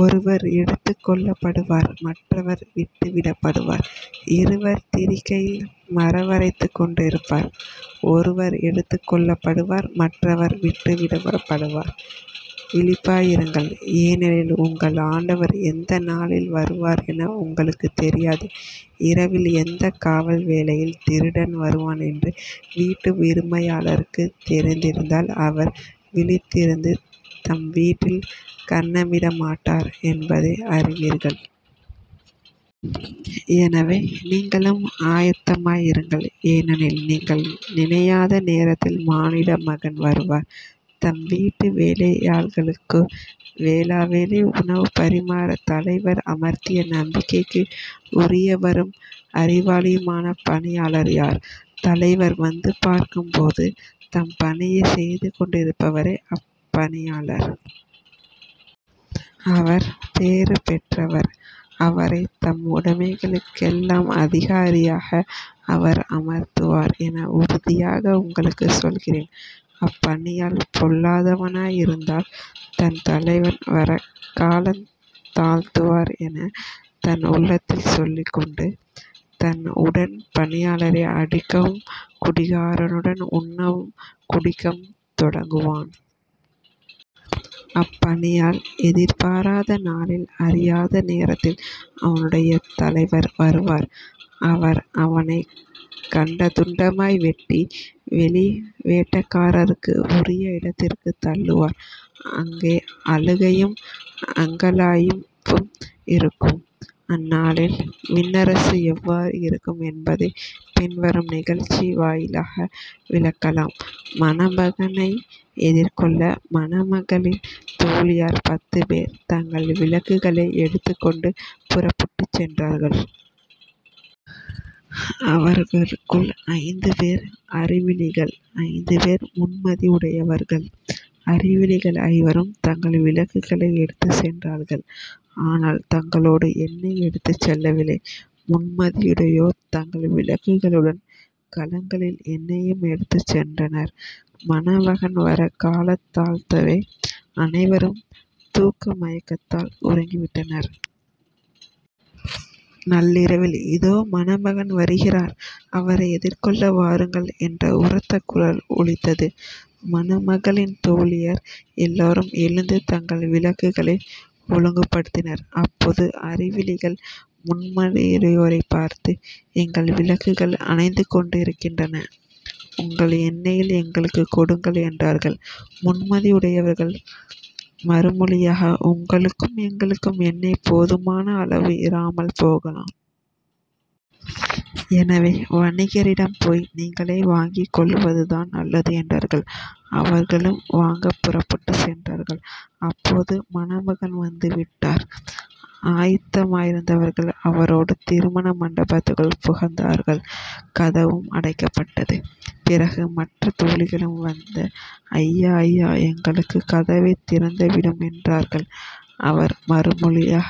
ஒருவர் எடுத்துக் கொள்ளப்படுவார் மற்றவர் விட்டு விடப்படுவார். இருவர் திரிகையில் மாவரைத்துக்கொண்டிருப்பர். ஒருவர் எடுத்துக் கொள்ளப்படுவார் மற்றவர் விட்டுவிடப்படுவார். விழிப்பாயிருங்கள் ஏனெனில் உங்கள் ஆண்டவர் எந்த நாளில் வருவார் என உங்களுக்குத் தெரியாது. இரவில் எந்தக் காவல் வேளையில் திருடன் வருவான் என்று வீட்டு உரிமையாளருக்குத் தெரிந்திருந்தால் அவர் விழித்திருந்து தம் வீட்டில் கன்னமிடமாட்டார் என்பதை அறிவீர்கள். எனவே நீங்களும் ஆயத்தமாய் இருங்கள். ஏனெனில் நீங்கள் நினையாத நேரத்தில் மானிட மகன் வருவார். தம் வீட்டு வேலையாள்களுக்கு வேளாவேளை உணவு பரிமாறத் தலைவர் அமர்த்திய நம்பிக்கைக்கு உரிய வரும் அறிவாளியுமான பணியாளர் யார்? தலைவர் வந்த பார்க்கும் போது தம் பணியைச் செய்துகொண்டிருப்பவரே அப்பணியாளர். அவர் பேறு பெற்றவர். அவரைத் தம் உடைமைகளுக்கெல்லாம் அதிகாரியாக அவர் அமர்த்துவார் என உறுதியாக உங்களுக்குச் சொல்கிறேன். அப்பணியாள் பொல்லாதவனாய் இருந்தால் தன் தலைவர் வரக் காலந் தாழ்த்துவார் எனத் தன் உள்ளத்தில் சொல்லிக் கொண்டு, தன் உடன் பணியாளரை அடிக்கவும் குடிகாரருடன் உண்ணவும் குடிக்கவும் தொடங்குவான். அப்பணியாள் எதிர்பாராத நாளில் அறியாத நேரத்தில் அவனுடைய தலைவர் வருவார். அவர் அவனைக் கண்டந்துண்டமாய் வெட்டி வெளி வேடக்காரருக்கு உரிய இடத்திற்குத் தள்ளுவார். அங்கே அழுகையும் அங்கலாய்ப்பும் இருக்கும். அந்நாளில் விண்ணரசு எவ்வாறு இருக்கும் என்பதைப் பின்வரும் நிகழ்ச்சி வாயிலாக விளக்கலாம் மணமகனை எதிர்கொள்ள மணமகளின் தோழியர் பத்துப்பேர் தங்கள் விளக்குகளை எடுத்துக் கொண்டு புறப்பட்டுச் சென்றார்கள். அவர்களுள் ஐந்து பேர் அறிவிலிகள் ஐந்து பேர் முன்மதி உடையவர்கள். அறிவிலிகள் ஐவரும் தங்கள் விளக்குகளை எடுத்துச் சென்றார்கள் ஆனால் தங்களோடு எண்ணெய் எடுத்துச் செல்லவில்லை. முன்மதியுடையோர் தங்கள் விளக்குகளுடன் கலங்களில் எண்ணெயும் எடுத்துச் சென்றனர். மணமகன் வரக் காலந் தாழ்த்தவே அனைவரும் தூக்க மயக்கத்தால் உறங்கிவிட்டனர். நள்ளிரவில் இதோ மணமகன் வருகிறார். அவரை எதிர்கொள்ள வாருங்கள் என்ற உரத்த குரல் ஒலித்தது. மணமகளின் தோழியர் எல்லாரும் எழுந்து தங்கள் விளக்குகளை ஒழுங்குபடுத்தினர். அப்போது அறிவிலிகள் முன்மதியுடையோரைப் பார்த்து எங்கள் விளக்குகள் அணைந்துகொண்டிருக்கின்றன உங்கள் எண்ணெயில் எங்களுக்கும் கொடுங்கள் என்றார்கள். முன்மதி உடையவர்கள் மறுமொழியாக உங்களுக்கும் எங்களுக்கும் எண்ணெய் போதுமான அளவு இராமல் போகலாம். எனவே வணிகரிடம் போய் நீங்களே வாங்கிக்கொள்வதுதான் நல்லது என்றார்கள். அவர்களும் வாங்கப் புறப்பட்டுச் சென்றார்கள். அப்போது மணமகன் வந்து விட்டார். ஆயத்தமாயிருந்தவர்கள் அவரோடு திருமண மண்டபத்துக்குள் புகுந்தார்கள். கதவும் அடைக்கப்பட்டது. பிறகு மற்றத் தோழிகளும் வந்த ஐயா ஐயா எங்களுக்குக் கதவைத் திறந்துவிடும் என்றார்கள். அவர் மறுமொழியாக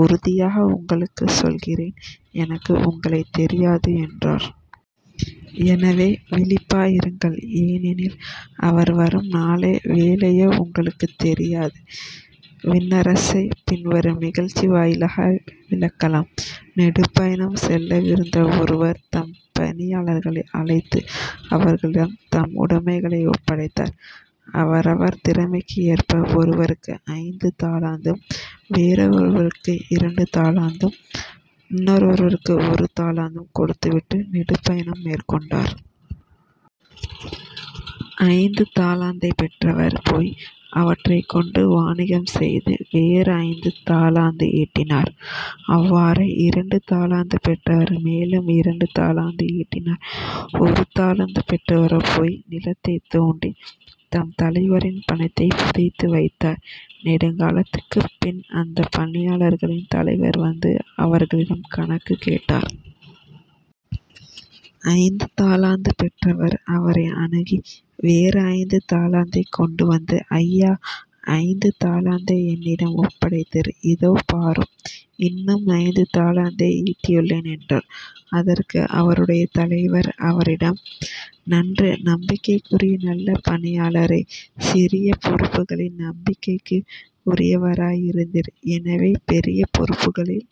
உறுதியாக உங்களுக்குச் சொல்லுகிறேன் எனக்கு உங்களைத் தெரியாது என்றார். எனவே விழிப்பாயிருங்கள் ஏனெனில் அவர் வரும் நாளோ வேளையோ உங்களுக்குத் தெரியாது. விண்ணரசைப் பின்வரும் நிகழ்ச்சி வாயிலாகவும் விளக்கலாம் நெடும் பயணம் செல்லவிருந்த ஒருவர் தம் பணியாளர்களை அழைத்து அவர்களிடம் தம் உடைமைகளை ஒப்படைத்தார். அவரவர் திறமைக்கு ஏற்ப ஒருவருக்கு ஐந்து தாலந்தும் வேறொருவருக்கு இரண்டு தாலந்தும், இன்னொருவருக்கு ஒரு தாலந்தும் கொடுத்துவிட்டு நெடும் பயணம் மேற்கொண்டார். ஐந்து தாலந்தைப் பெற்றவர் போய் அவற்றைக் கொண்டு வாணிகம் செய்து வேறு ஐந்து தாலந்து ஈட்டினார். அவ்வாறே இரண்டு தாலந்து பெற்றவர் மேலும் இரண்டு தாலந்து ஈட்டினார். ஒரு தாலந்து பெற்றவரோ போய் நிலத்தைத் தோண்டித் தம் தலைவரின் பணத்தைப் புதைத்து வைத்தார். நெடுங்காலத்திற்குப் பின் அந்தப் பணியாளர்களின் தலைவர் வந்து அவர்களிடம் கணக்குக் கேட்டார். ஐந்து தாலந்து பெற்றவர் அவரை அணுகி வேறு ஐந்து தாலந்தைக் கொண்டு வந்து ஐயா ஐந்து தாலந்தை என்னிடம் ஒப்படைத்தீர் இதோ பாரும் இன்னும் ஐந்து தாலந்தை ஈட்டியுள்ளேன் என்றார். அதற்கு அவருடைய தலைவர் அவரிடம் நன்று நம்பிக்கைக்குரிய நல்ல பணியாளரே சிறிய பொறுப்புகளில் நம்பிக்கைக்கு உரியவராய் இருந்தீர். எனவே பெரிய பொறுப்புகளில்